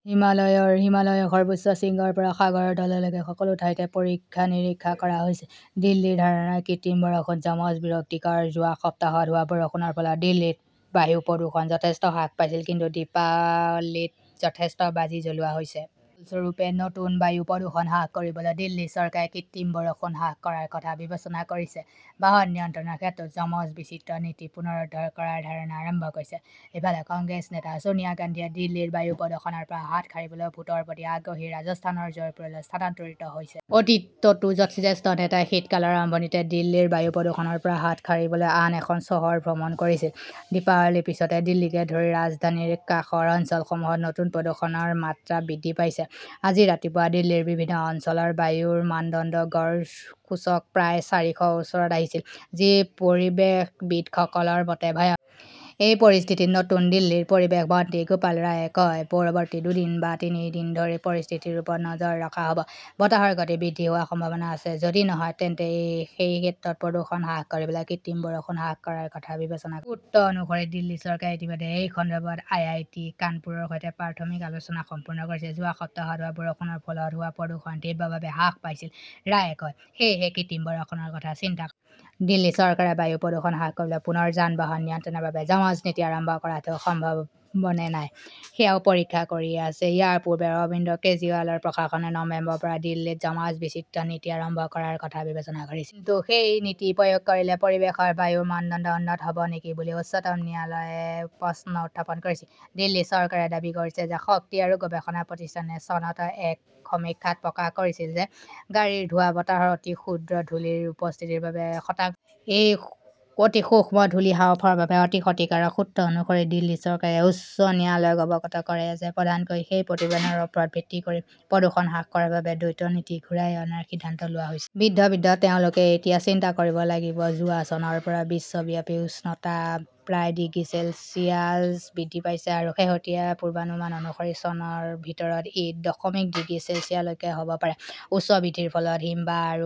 হিমালয়ৰ সৰ্বোচ্চ শৃংগৰ পৰা সাগৰৰ তললৈকে সকলো ঠাইতে পৰীক্ষা-নিৰীক্ষা কৰা হৈছে। দিল্লীৰ ধাৰণাত কৃত্ৰিম বৰষুণ, যমজ-বিৰক্তিকৰ যোৱা সপ্তাহত হোৱা বৰষুণৰ ফলত দিল্লীত বায়ু প্ৰদূষণ যথেষ্ট হ্ৰাস পাইছিল। কিন্তু দীপাৱলীত যথেষ্ট বাজি জ্বলোৱা হৈছে। ইয়াৰ ফলস্বৰূপে নতুন বায়ু প্ৰদূষণ হ্ৰাস কৰিবলৈ দিল্লী চৰকাৰে কৃত্ৰিম বৰষুণ হ্ৰাস কৰাৰ কথা বিবেচনা কৰিছে। বাহন নিয়ন্ত্ৰণৰ ক্ষেত্ৰতো যমজ-বিচিত্ৰ নীতি পুনৰুদ্ধাৰ কৰাৰ ধাৰণা আৰম্ভ হৈছে। ইফালে, কংগ্ৰেছ নেতা ছোনিয়া গান্ধীয়ে দিল্লীৰ বায়ু প্ৰদূষণৰ পৰা হাত সাৰিবলৈ ভোটৰ প্ৰতি আগ্ৰহী ৰাজস্থানৰ জয়পুৰলৈ স্থানান্তৰিত হৈছে। অতীততো জ্যেষ্ঠ নেতাই শীতকালৰ আৰম্ভণিতে দিল্লীৰ বায়ু প্ৰদূষণৰ পৰা হাত সাৰিবলৈ আন এখন চহৰ ভ্ৰমণ কৰিছিল। দীপাৱলীৰ পিছতে দিল্লীকে ধৰি ৰাজধানীৰ কাষৰ অঞ্চলসমূহত নতুন প্ৰদূষণৰ মাত্ৰা বৃদ্ধি পাইছে। আজি ৰাতিপুৱা দিল্লীৰ বিভিন্ন অঞ্চলৰ বায়ুৰ মানদণ্ডৰ গড় সূচক প্ৰায় চাৰিশৰ ওচৰত আছিল, যি পৰিৱেশবিদসকলৰ মতে 'ভয়ংকৰ "। এই পৰিস্থিতিত আজি দিল্লীৰ পৰিৱেশ মন্ত্ৰী গোপাল ৰায়ে কয়, "পৰৱৰ্তী দুদিন বা তিনি দিন ধৰি পৰিস্থিতিৰ ওপৰত নজৰ ৰখা হ" ব। বতাহৰ গতি বৃদ্ধি হোৱাৰ সম্ভাৱনা আছে। যদি নহয়, তেন্তে সেই ক্ষেত্ৰত প্ৰদূষণ হ্ৰাস কৰিবলৈ কৃত্ৰিম বৰষুণ হ্ৰাস কৰাৰ কথা বিবেচনা কৰা হৈছে। "সূত্ৰ অনুসৰি, দিল্লী চৰকাৰে ইতিমধ্যে এই সন্দৰ্ভত আই. আই. টি. -কানপুৰৰ সৈতে প্ৰাথমিক আলোচনা সম্পূৰ্ণ কৰিছে। "যোৱা সপ্তাহত হোৱা বৰষুণৰ ফলত হোৱা প্ৰদূষণ তীব্ৰভাৱে হ্ৰাস পাইছিল", ৰায়ে কয়। সেয়েহে কৃত্ৰিম বৰষুণৰ কথা চিন্তা কৰা হৈছে। "দিল্লী চৰকাৰে বায়ু প্ৰদূষণ হ্ৰাস কৰিবলৈ পুনৰ যান-বাহন নিয়ন্ত্ৰণৰ বাবে যমজ নীতি আৰম্ভ কৰাটো সম্ভৱনে নাই সেয়াও পৰীক্ষা কৰি আছে। ইয়াৰ পূৰ্বে অৰবিন্দ কেজৰিৱাল প্ৰশাসনে নৱেম্বৰৰ পৰা দিল্লীত যমজ-বিচিত্ৰ নীতি আৰম্ভ কৰাৰ কথা বিবেচনা কৰিছিল। কিন্তু সেই নীতি প্ৰয়োগ কৰিলে পৰিৱেশৰ বায়ুৰ মানদণ্ড উন্নত হ "ব নেকি বুলি উচ্চতম ন্যায়ালয়ে প্ৰশ্ন উত্থাপন কৰিছিল। দিল্লী চৰকাৰে দাবী কৰিছে যে শক্তি আৰু গৱেষণা প্ৰতিষ্ঠানে চনত এক সমীক্ষাত প্ৰকাশ কৰিছিল যে গাড়ীৰ ধোঁৱা বতাহত অতি সূক্ষ্ম ধূলি ৰ উপস্থিতিৰ বাবে শতাংশ দায়ী। এই অতি সূক্ষ্ম ধূলি হাঁওফাঁওৰ বাবে অতি ক্ষতিকাৰক। সূত্ৰ অনুসৰি, দিল্লী চৰকাৰে উচ্চতম ন্যায়ালয়ক অৱগত কৰিব যে প্ৰধানকৈ সেই প্ৰতিবেদনৰ ওপৰত ভিত্তি কৰি প্ৰদূষণ হ্ৰাস কৰাৰ বাবে দ্বৈত নীতি ঘূৰাই অনাৰ সিদ্ধান্ত লোৱা হৈছে। বৃদ্ধ বৃদ্ধঃ তেওঁলোকে এতিয়া চিন্তা কৰিব লাগিব যোৱা চনৰ পৰা বিশ্বব্যাপী উষ্ণতা প্ৰায় ডিগ্ৰী চেলছিয়াছ বৃদ্ধি পাইছে আৰু শেহতীয়া পূৰ্বানুমান অনুসৰি চনৰ ভিতৰত ই দশমিক ডিগ্ৰী চেলছিয়াছলৈকে হ 'ব পাৰে। উষ্ণতা বৃদ্ধিৰ ফলত হিমবাহ আৰু বৰফ